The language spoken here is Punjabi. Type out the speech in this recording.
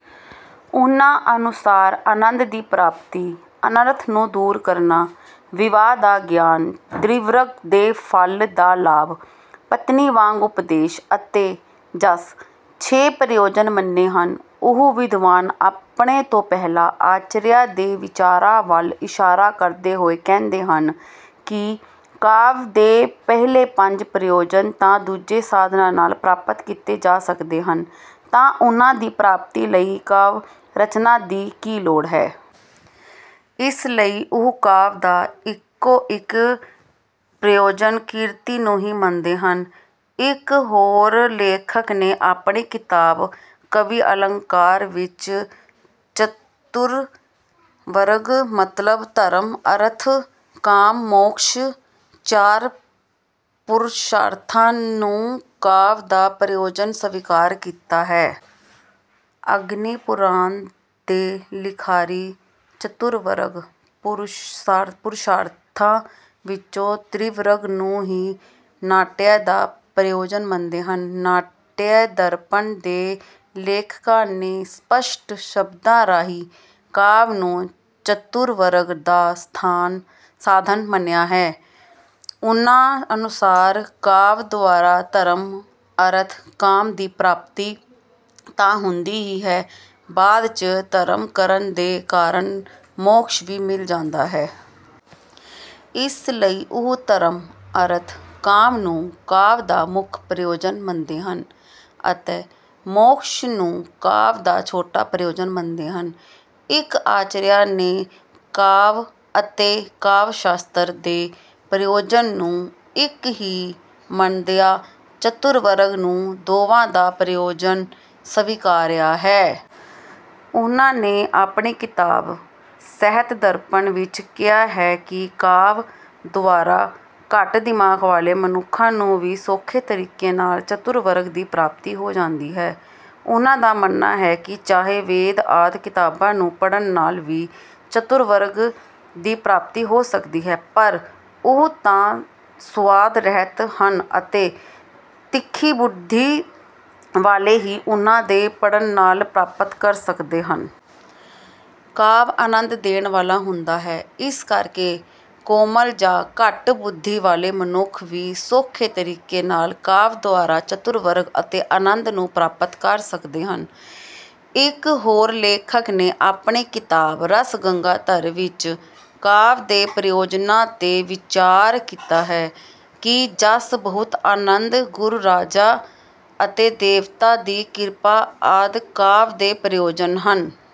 ਉਹਨਾਂ ਅਨੁਸਾਰ ਆਨੰਦ ਦੀ ਪ੍ਰਾਪਤੀ, ਅਨਰਥ ਨੂੰ ਦੂਰ ਕਰਨਾ, ਵਿਵਹਾਰ ਦਾ ਗਿਆਨ, ਤ੍ਰਿਵਰਗ ਦੇ ਫ਼ਲ ਦਾ ਲਾਭ, ਪਤਨੀ ਵਾਂਗ ਉਪਦੇਸ਼ ਅਤੇ ਜਸ, ਛੇ ਪ੍ਰਯੋਜਨ ਮੰਨੇ ਹਨ। ਉਹ ਵਿਦਵਾਨ ਆਪਣੇ ਤੋਂ ਪਹਿਲੇ ਆਚਾਰੀਆਂ ਦੇ ਵਿਚਾਰਾਂ ਵੱਲ ਇਸ਼ਾਰਾ ਕਰਦੇ ਹੋਏ ਕਹਿੰਦੇ ਹਨ ਕਿ ਕਾਵਿ ਦੇ ਪਹਿਲੇ ਪੰਜ ਪ੍ਰਯੋਜਨ ਤਾਂ ਦੂਜੇ ਸਾਧਨਾਂ ਨਾਲ ਪ੍ਰਾਪਤ ਕੀਤੇ ਜਾ ਸਕਦੇ ਹਨ, ਤਾਂ ਉਹਨਾਂ ਦੀ ਪ੍ਰਾਪਤੀ ਲਈ ਕਾਵਿ-ਰਚਨਾ ਦੀ ਕੀ ਲੋੜ ਹੈ। ਇਸ ਲਈ ਉਹ ਕਾਵਿ ਦਾ ਇੱਕੋ- ਇੱਕ ਪ੍ਰਯੋਜਨ ਕੀਰਤੀ ਨੂੰ ਹੀ ਮੰਨਦੇ ਹਨ। ਇੱਕ ਹੋਰ ਲੇਖਕ ਨੇ ਆਪਣੀ ਕਿਤਾਬ ਕਾਵਿਆਲੰਕਾਰ ਵਿੱਚ ਚਤੁਰਵਰਗ ਮਤਲਬ ਧਰਮ, ਅਰਥ, ਕਾਮ, ਮੋਕ੍ਸ਼, ਚਾਰ ਪੁਰਸ਼ਾਰਥਾਂ ਨੂੰ ਕਾਵਿ ਦਾ ਪ੍ਰਯੋਜਨ ਸਵੀਕਾਰ ਕੀਤਾ ਹੈ। ਅਗਨੀਪੁਰਾਣ ਦੇ ਲਿਖਾਰੀ ਚਤੁਰਵਰਗ ਪੁਰਸ਼ਾਰਥਾਂ ਵਿੱਚੋਂ ਤ੍ਰਿਵਰਗ ਨੂੰ ਹੀ ਨਾਟਯ ਦਾ ਪ੍ਰਯੋਜਨ ਮੰਨਦੇ ਹਨ। ਨਾਟਯਦਰਪਣ ਦੇ ਲੇਖਕਾਂ ਨੇ ਸਪੱਸ਼ਟ ਸ਼ਬਦਾਂ ਰਾਹੀਂ ਕਾਵਿ ਨੂੰ ਚਤੁਰਵਰਗ ਦਾ ਸਾਧਨ ਮੰਨਿਆ ਹੈ। ਉਹਨਾਂ ਅਨੁਸਾਰ ਕਾਵਿ ਦੁਆਰਾ ਧਰਮ, ਅਰਥ, ਕਾਮ ਦੀ ਪ੍ਰਾਪਤੀ ਤਾਂ ਹੁੰਦੀ ਹੀ ਹੈ, ਬਾਅਦ ਚ ਧਰਮ ਕਰਨ ਦੇ ਕਾਰਣ ਮੋਕ੍ਸ਼ ਵੀ ਮਿਲ ਜਾਂਦਾ ਹੈ। ਇਸ ਲਈ ਉਹ ਧਰਮ, ਅਰਥ, ਕਾਮ ਨੂੰ ਕਾਵਿ ਦਾ ਮੁੱਖ ਪ੍ਰਯੋਜਨ ਮੰਨਦੇ ਹਨ ਅਤੇ ਮੋਕ੍ਸ਼ ਨੂੰ ਕਾਵਿ ਦਾ ਛੋਟਾ ਪ੍ਰਯੋਜਨ ਮੰਨਦੇ ਹਨ। ਇੱਕ ਆਚਾਰੀਆ ਨੇ ਕਾਵਿ ਅਤੇ ਕਾਵਿ-ਸ਼ਾਸਤਰ ਦੇ ਪ੍ਰਯੋਜਨਾਂ ਨੂੰ ਇੱਕ ਹੀ ਮੰਨਦਿਆਂ ਚਤੁਰਵਰਗ ਨੂੰ ਦੋਵਾਂ ਦਾ ਪ੍ਰਯੋਜਨ ਸਵਿਕਾਰਿਆ ਹੈ। ਉਹਨਾਂ ਨੇ ਆਪਣੀ ਕਿਤਾਬ ਸਾਹਿਤਦਰਪਣ ਵਿੱਚ ਕਿਹਾ ਹੈ ਕਿ ਕਾਵਿ ਦੁਆਰਾ ਘੱਟ ਦਿਮਾਗ ਵਾਲੇ ਮਨੁੱਖਾਂ ਨੂੰ ਵੀ ਸੌਖੇ ਤਰੀਕੇ ਨਾਲ ਚਤੁਰਵਰਗ ਦੀ ਪ੍ਰਾਪਤੀ ਹੋ ਜਾਂਦੀ ਹੈ। ਉਹਨਾਂ ਦਾ ਮੰਨਣਾ ਹੈ ਕਿ ਚਾਹੇ ਵੇਦ ਆਦਿ ਕਿਤਾਬਾਂ ਦੇ ਪੜ੍ਹਨ ਨਾਲ ਵੀ ਚਤੁਰਵਰਗ ਦੀ ਪ੍ਰਾਪਤੀ ਹੋ ਸਕਦੀ ਹੈ, ਪਰ ਉਹ ਤਾਂ ਸੁਆਦ ਰਹਿਤ ਹਨ ਅਤੇ ਤਿੱਖੀ ਬੁੱਧੀ ਵਾਲੇ ਹੀ ਉਹਨਾਂ ਦੇ ਪੜ੍ਹਨ ਨਾਲ ਪ੍ਰਾਪਤ ਕਰ ਸਕਦੇ ਹਨ। ਕਾਵਿ ਆਨੰਦ ਦੇਣ ਵਾਲਾ ਹੁੰਦਾ ਹੈ, ਇਸ ਕਰਕੇ ਕੋਮਲ ਜਾਂ ਘੱਟ ਬੁੱਧੀ ਵਾਲੇ ਮਨੁੱਖ ਵੀ ਸੌਖੇ ਤਰੀਕੇ ਨਾਲ, ਕਾਵਿ ਦੁਆਰਾ ਚਤੁਰਵਰਗ ਅਤੇ ਆਨੰਦ ਨੂੰ ਪ੍ਰਾਪਤ ਕਰ ਸਕਦੇ ਹਨ। ਇੱਕ ਹੋਰ ਲੇਖਕ ਨੇ ਆਪਣੀ ਕਿਤਾਬ ਰਸਗੰਗਾਧਰ ਵਿੱਚ ਕਾਵਿ ਦੇ ਪ੍ਰਯੋਜਨਾਂ ਤੇ ਵਿਚਾਰ ਕੀਤਾ ਹੈ ਕਿ ਜਸ, ਬਹੁਤ ਆਨੰਦ, ਗੁਰੂ, ਰਾਜਾ ਅਤੇ ਦੇਵਤਾ ਦੀ ਕਿਰਪਾ ਆਦਿ ਕਾਵਿ ਦੇ ਪ੍ਰਯੋਜਨ ਹਨ।